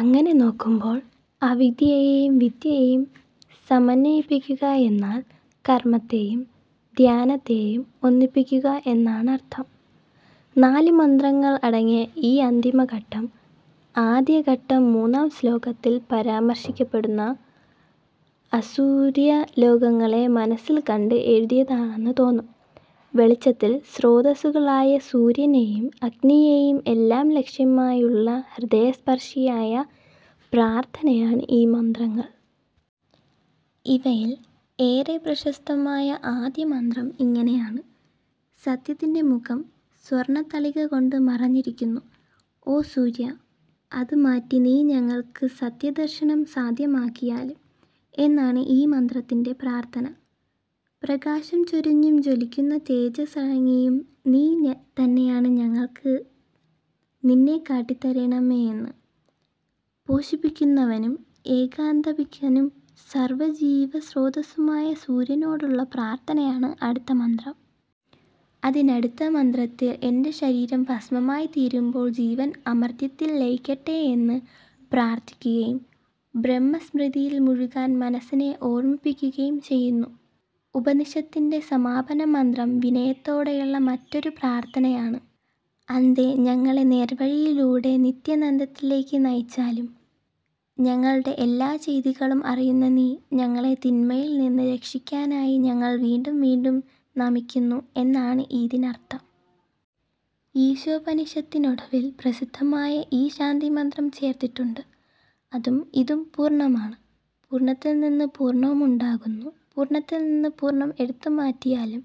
അങ്ങനെ നോക്കുമ്പോൾ, അവിദ്യയേയും വിദ്യയേയും സമന്വയിപ്പിക്കുകയെന്നാൽ, കർമ്മത്തേയും ധ്യാനത്തേയും ഒന്നിപ്പിക്കുക എന്നാണർത്ഥം. നാലു മന്ത്രങ്ങൾ അടങ്ങിയ ഈ അന്തിമ ഘട്ടം, ആദ്യഘട്ടം മൂന്നാം ശ്ലോകത്തിൽ പരാമർശിക്കപ്പെടുന്ന അസൂര്യലോകങ്ങളെ മനസ്സിൽ കണ്ട് എഴുതിയതാണെന്ന് തോന്നും. വെളിച്ചത്തിന്റെ സ്രോതസ്സുകളായ സൂര്യനേയും അഗ്നിയേയും എല്ലാം ലക്ഷ്യമാക്കിയുള്ള ഹൃദയസ്പർശിയായ പ്രാർത്ഥനയാണ് ഈ മന്ത്രങ്ങൾ. ഇവയിൽ ഏറെ പ്രശസ്തമായ ആദ്യമന്ത്രം ഇങ്ങനെയാണ്:- "സത്യത്തിന്റെ മുഖം സ്വർണ്ണത്തളിക കൊണ്ട് മറഞ്ഞിരിക്കുന്നു; ഓ സൂര്യാ, അത് മാറ്റി നീ ഞങ്ങൾക്ക് സത്യദർശനം സാദ്ധ്യമാക്കിയാലും" എന്നാണ് ഈ മന്ത്രത്തിലെ പ്രാർത്ഥന. പ്രകാശം ചൊരിഞ്ഞും ജ്വലിക്കുന്ന തേജസ് അടക്കിയും, നീ തന്നെയായ ഞങ്ങൾക്ക് നിന്നെ കാട്ടിത്തരേണമേ എന്ന്, പോഷിപ്പിക്കുന്നവനും ഏകാന്തപഥികനും സർവജീവശ്രോതസ്സുമായ സൂര്യനോടുള്ള പ്രാർത്ഥനയാണ് അടുത്ത മന്ത്രം. അതിനടുത്തമന്ത്രത്തിൽ എന്റെ ശരീരം ഭസ്മമായിത്തീരുമ്പോൾ, ജീവൻ അമർത്ത്യതയിൽ ലയിക്കട്ടെയെന്ന് പ്രാർത്ഥിക്കുകയും, ബ്രഹ്മസ്മൃതിയിൽ മുഴുകാൻ മനസ്സിനെ ഓർമ്മിപ്പിക്കുകയും ചെയ്യുന്നു. ഉപനിഷത്തിന്റെ സമാപനമന്ത്രം വിനയത്തോടെയുള്ള മറ്റൊരു പ്രാർത്ഥനയാണ്:- "അഗ്നേ, ഞങ്ങളെ നേർവഴിയിലൂടെ നിത്യാനന്ദത്തിലേക്ക് നയിച്ചാലും. ഞങ്ങളുടെ എല്ലാച്ചെയ്തികളും അറിയുന്ന നീ ഞങ്ങളെ തിന്മയിൽ നിന്ന് രക്ഷിക്കാനായി ഞങ്ങൾ വീണ്ടും വീണ്ടും നമിക്കുന്നു " എന്നാണ് ഇതിനർത്ഥം. ഈശോപനിഷത്തിനൊടുവിൽ പ്രസിദ്ധമായ ഈ ശാന്തിമന്ത്രം ചേർത്തിട്ടുണ്ട്:- "അതും ഇതും പൂർണ്ണമാണ്; പൂർണ്ണത്തിൻൽ നിന്ന് പൂർണ്ണം ഉണ്ടാകുന്നു; പൂർണ്ണത്തിൽ നിന്ന് പൂർണ്ണം എടുത്തുമാറ്റിയാലും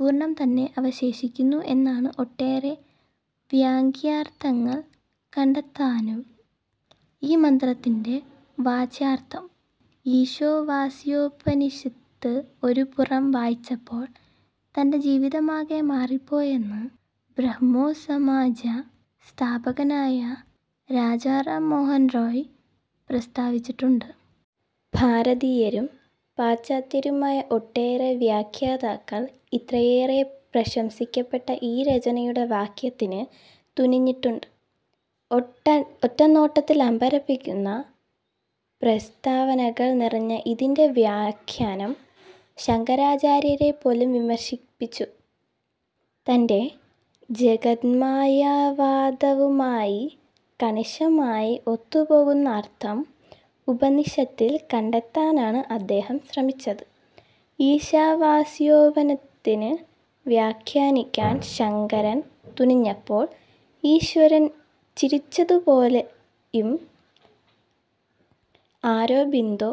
പൂർണ്ണം തന്നെ അവശേഷിക്കുന്നു" എന്നാണ് ഒട്ടേറെ വ്യംഗ്യാർത്ഥങ്ങൾ കണ്ടെത്താവുന്ന ഈ മന്ത്രത്തിന്റെ വാച്യാർത്ഥം. ഈശാവാസ്യോപനിഷത്ത് ഒരു പുറം വായിച്ചപ്പോൾ തന്റെ ജീവിതമാകെ മാറിപ്പോയെന്ന് ബ്രഹ്മോസമാജ സ്ഥാപകനായ രാജാ റാം മോഹൻ റായ് പ്രസ്ഥാവിച്ചിട്ടുണ്ട്. ഭാരതീയരും പാശ്ചാത്യരുമായ ഒട്ടേറെ വ്യാഖ്യാതാക്കൾ, ഇത്രയേറെ പ്രശംസിക്കപ്പെട്ട ഈ രചനയുടെ വ്യാഖ്യാനത്തിന് തുനിഞ്ഞിട്ടുണ്ട്. ഒറ്റനോട്ടത്തിൽ അമ്പരപ്പിക്കുന്ന പ്രസ്താവനകൾ നിറഞ്ഞ ഇതിന്റെ വ്യാഖ്യാനം ശങ്കരാചാര്യരെപ്പോലും വിഷമിപ്പിച്ചു. തന്റെ ജഗന്മായാവാദവുമായി കണിശമായി ഒത്തുപോകുന്ന അർത്ഥം ഉപനിഷത്തിൽ കണ്ടെത്താനാണ് അദ്ദേഹം ശ്രമിച്ചത്. ഈശാവാസ്യോപനിഷത്ത് വ്യാഖ്യാനിക്കാൻ ശങ്കരൻ തുനിഞ്ഞപ്പോൾ ഈശ്വരൻ ചിരിച്ചുപോയെന്നുപോലും അരോബിന്ദോ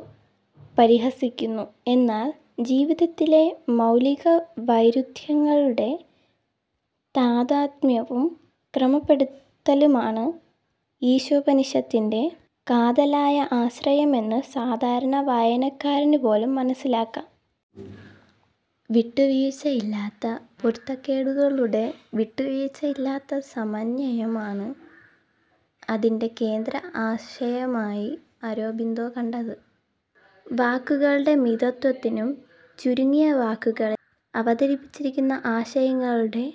പരിഹസിക്കുന്നു എന്നാൽ ജീവിതത്തിലെ മൗലികവൈരുദ്ധ്യങ്ങളുടെ താദാത്മ്യവും ക്രമപ്പെടുത്തലുമാണ് ഈശോപനിഷത്തിന്റെ കാതലായ ആശയമെന്ന് സാധാരണ വായനക്കാരനു പോലും മനസ്സിലാക്കാം. "വിട്ടുവീഴ്ചയില്ലാത്ത പൊരുത്തക്കേടുകളുടെ വിട്ടുവീഴ്ചയില്ലാത്ത സമന്വയം" ആണ് അതിന്റെ കേന്ദ്ര ആശയമായി അരോബിന്ദോ കണ്ടത്. വാക്കുകളുടെ മിതത്ത്വത്തിനും, ചുരുങ്ങിയ വാക്കുകളിൽ അവതരിപ്പിച്ചിരിക്കുന്ന ആശയങ്ങളുടെ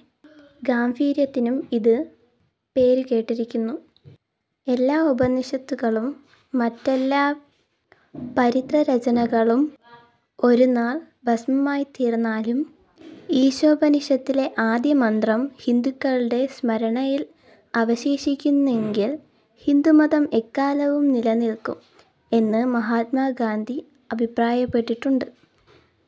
ഗാംഭീര്യത്തിനും ഇത് പേരുകേട്ടിരിക്കുന്നു. "എല്ലാ ഉപനിഷത്തുകളും, മറ്റെല്ലാ പവിത്രരചനകളും ഒരുനാൾ ഭസ്മമായിത്തീർന്നാലും, ഈശോപനിഷത്തിലെ ആദ്യമന്ത്രം ഹിന്ദുക്കളുടെ സ്മരണയിൽ അവശേഷിക്കുന്നെങ്കിൽ, ഹിന്ദുമതം എക്കാലവും നിലനിൽക്കും" എന്ന് മഹാത്മാഗാന്ധി അഭിപ്രായപ്പെട്ടിട്ടുണ്ട്.